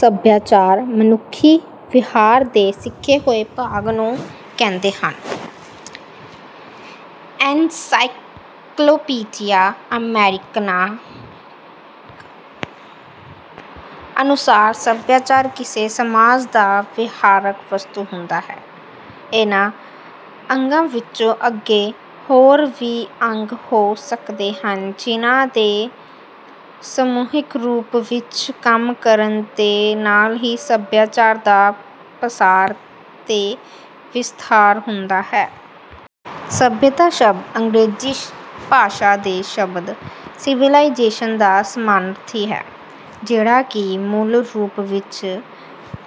ਸਭਿਆਚਾਰ ਮਨੁੱਖੀ ਵਿਹਾਰ ਦੇ ਸਿੱਖੇ ਹੋਏ ਭਾਗ ਨੂੰ ਕਹਿੰਦੇ ਹਨ। ਐਨਸਾਈਕਲੋਪੀਡੀਆ ਅਮੈਰਿਕਨਾ ਅਨੁਸਾਰ ਸਭਿਆਚਾਰ ਕਿਸੇ ਸਮਾਜ ਦਾ ਵਿਹਾਰਕ ਵਸਤੂ ਹੁੰਦਾ ਹੈ। ਇਹਨਾਂ ਅੰਗਾਂ ਵਿੱਚੋਂ ਅੱਗੇ ਹੋਰ ਵੀ ਅੰਗ ਹੋ ਸਕਦੇ ਹਨ ਜਿਹਨਾਂ ਦੇ ਸਮੂਹਿਕ ਰੂਪ ਵਿੱਚ ਕੰਮ ਕਰਨ ਦੇ ਨਾਲ ਹੀ ਸਭਿਆਚਾਰ ਦਾ ਪਸਾਰ ਤੇ ਵਿਸਥਾਰ ਹੁੰਦਾ ਹੈ। ਸਭਿਅਤਾ ਸ਼ਬਦ ਅੰਗਰੇਜ਼ੀ ਭਾਸ਼ਾ ਦੇ ਸ਼ਬਦ 'ਸਿਵਿਲਾਈਜ਼ੇਸ਼ਨ' ਦਾ ਸਮਾਨਰਥੀ ਹੈ, ਜਿਹੜਾ ਕਿ ਮੂਲ ਰੂਪ ਵਿੱਚ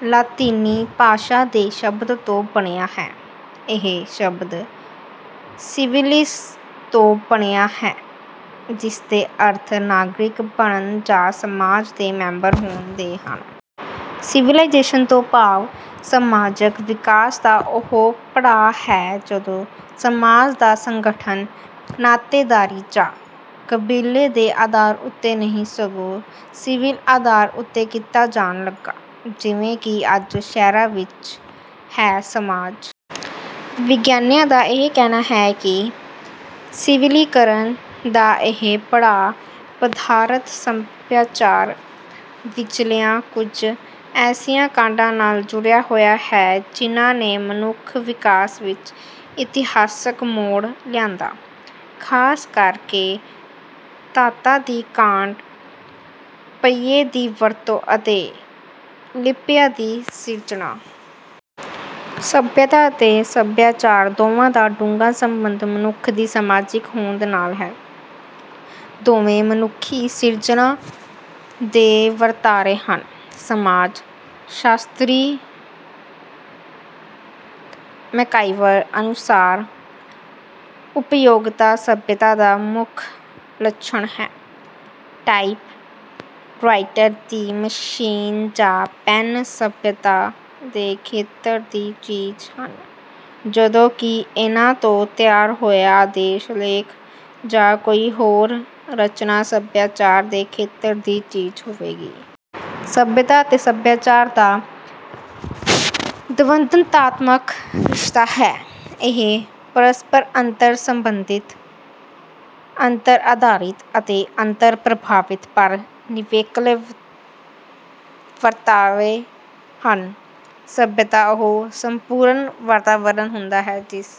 ਲਾਤੀਨੀ ਭਾਸ਼ਾ ਦੇ ਸ਼ਬਦ ਤੋਂ ਬਣਿਆ ਹੈ। ਇਹ ਸ਼ਬਦ 'ਸਿਵਲਿਸ' ਤੋਂ ਬਣਿਆ ਹੈ, ਜਿਸਦੇ ਅਰਥ ਨਾਗਰਿਕ ਬਣਨ ਜਾਂ ਸਮਾਜ ਦੇ ਮੈਂਬਰ ਹੋਣ ਦੇ ਹਨ। ਸਿਵਿਲਾਈਜ਼ੇਸ਼ਨ ਤੋਂ ਭਾਵ ਸਮਾਜਕ ਵਿਕਾਸ ਦਾ ਉਹ ਪੜਾਅ ਹੈ ਜਦੋਂ ਸਮਾਜ ਦਾ ਸੰਗਠਨ ਨਾਤੇਦਾਰੀ ਜਾਂ ਕਬੀਲੇ ਦੇ ਆਧਾਰ ਉੱਤੇ ਨਹੀਂ, ਸਗੋਂ ਸਿਵਿਲ ਆਧਾਰ ਉੱਤੇ ਕੀਤਾ ਜਾਣ ਲੱਗਾ, ਜਿਵੇਂ ਕਿ ਅੱਜ ਸ਼ਹਿਰਾਂ ਵਿੱਚ ਹੈ। ਸਮਾਜ ਵਿਗਿਆਨੀਆਂ ਦਾ ਇਹ ਕਹਿਣਾ ਹੈ ਕਿ ਸਿਵਿਲੀਕਰਨ ਦਾ ਇਹ ਪੜਾਅ ਪਦਾਰਥਕ ਸਭਿਆਚਾਰ ਵਿੱਚਲੀਆਂ ਕੁਝ ਐਸੀਆਂ ਕਾਢਾਂ ਨਾਲ ਜੁੜਿਆ ਹੋਇਆ ਹੈ, ਜਿਹਨਾਂ ਨੇ ਮਨੁੱਖੀ ਵਿਕਾਸ ਵਿੱਚ ਇਤਿਹਾਸਕ ਮੋੜ ਲਿਆਂਦਾ, ਖ਼ਾਸ ਕਰ ਕੇ ਧਾਤਾਂ ਦੀ ਕਾਢ, ਪਹੀਏ ਦੀ ਵਰਤੋਂ ਅਤੇ ਲਿਪੀ ਦੀ ਸਿਰਜਣਾ। ਸਭਿਅਤਾ ਅਤੇ ਸਭਿਆਚਾਰ ਦੋਵਾਂ ਦਾ ਡੂੰਘਾ ਸੰਬੰਧ ਮਨੁੱਖ ਦੀ ਸਮਾਜਿਕ ਹੋਂਦ ਨਾਲ ਹੈ। ਦੋਵੇਂ ਮਨੁੱਖੀ ਸਿਰਜਨਾ ਦੇ ਵਰਤਾਰੇ ਹਨ। ਸਮਾਜ ਸ਼ਾਸਤਰੀ ਮੈਕਾਈਵਰ ਅਨੁਸਾਰ ਉਪਯੋਗਤਾ ਸਭਿਅਤਾ ਦਾ ਮੁੱਖ ਲੱਛਣ ਹੈ। ਟਾਇਪ ਰਾਈਟਰ ਦੀ ਮਸ਼ੀਨ ਜਾਂ ਪੈਨ ਸਭਿਅਤਾ ਦੇ ਖੇਤਰ ਦੀ ਚੀਜ਼ ਹਨ ਜਦੋਂ ਕਿ ਇਹਨਾਂ ਤੋਂ ਤਿਆਰ ਹੋਇਆ ਆਦੇਸ਼ ਲੇਖ ਜਾਂ ਕੋਈ ਹੋਰ ਰਚਨਾ ਸਭਿਆਚਾਰ ਦੇ ਖੇਤਰ ਦੀ ਚੀਜ਼ ਹੋਵੇਗੀ। ਸਭਿਅਤਾ ਅਤੇ ਸਭਿਆਚਾਰ ਦਾ ਦਵੰਦਾਤਮਕ ਰਿਸ਼ਤਾ ਹੈ। ਇਹ ਪਰਸਪਰ ਅੰਤਰ-ਸੰਬੰਧਿਤ, ਅੰਤਰ-ਆਧਾਰਿਤ ਅਤੇ ਅੰਤਰ-ਪ੍ਰਭਾਵਿਤ ਪਰ ਨਿਵੇਕਲੇ ਵਰਤਾਰੇ ਹਨ। ਸਭਿਅਤਾ ਉਹ ਸੰਪੂਰਨ ਵਾਤਾਵਰਨ ਹੁੰਦਾ ਹੈ ਜਿਸ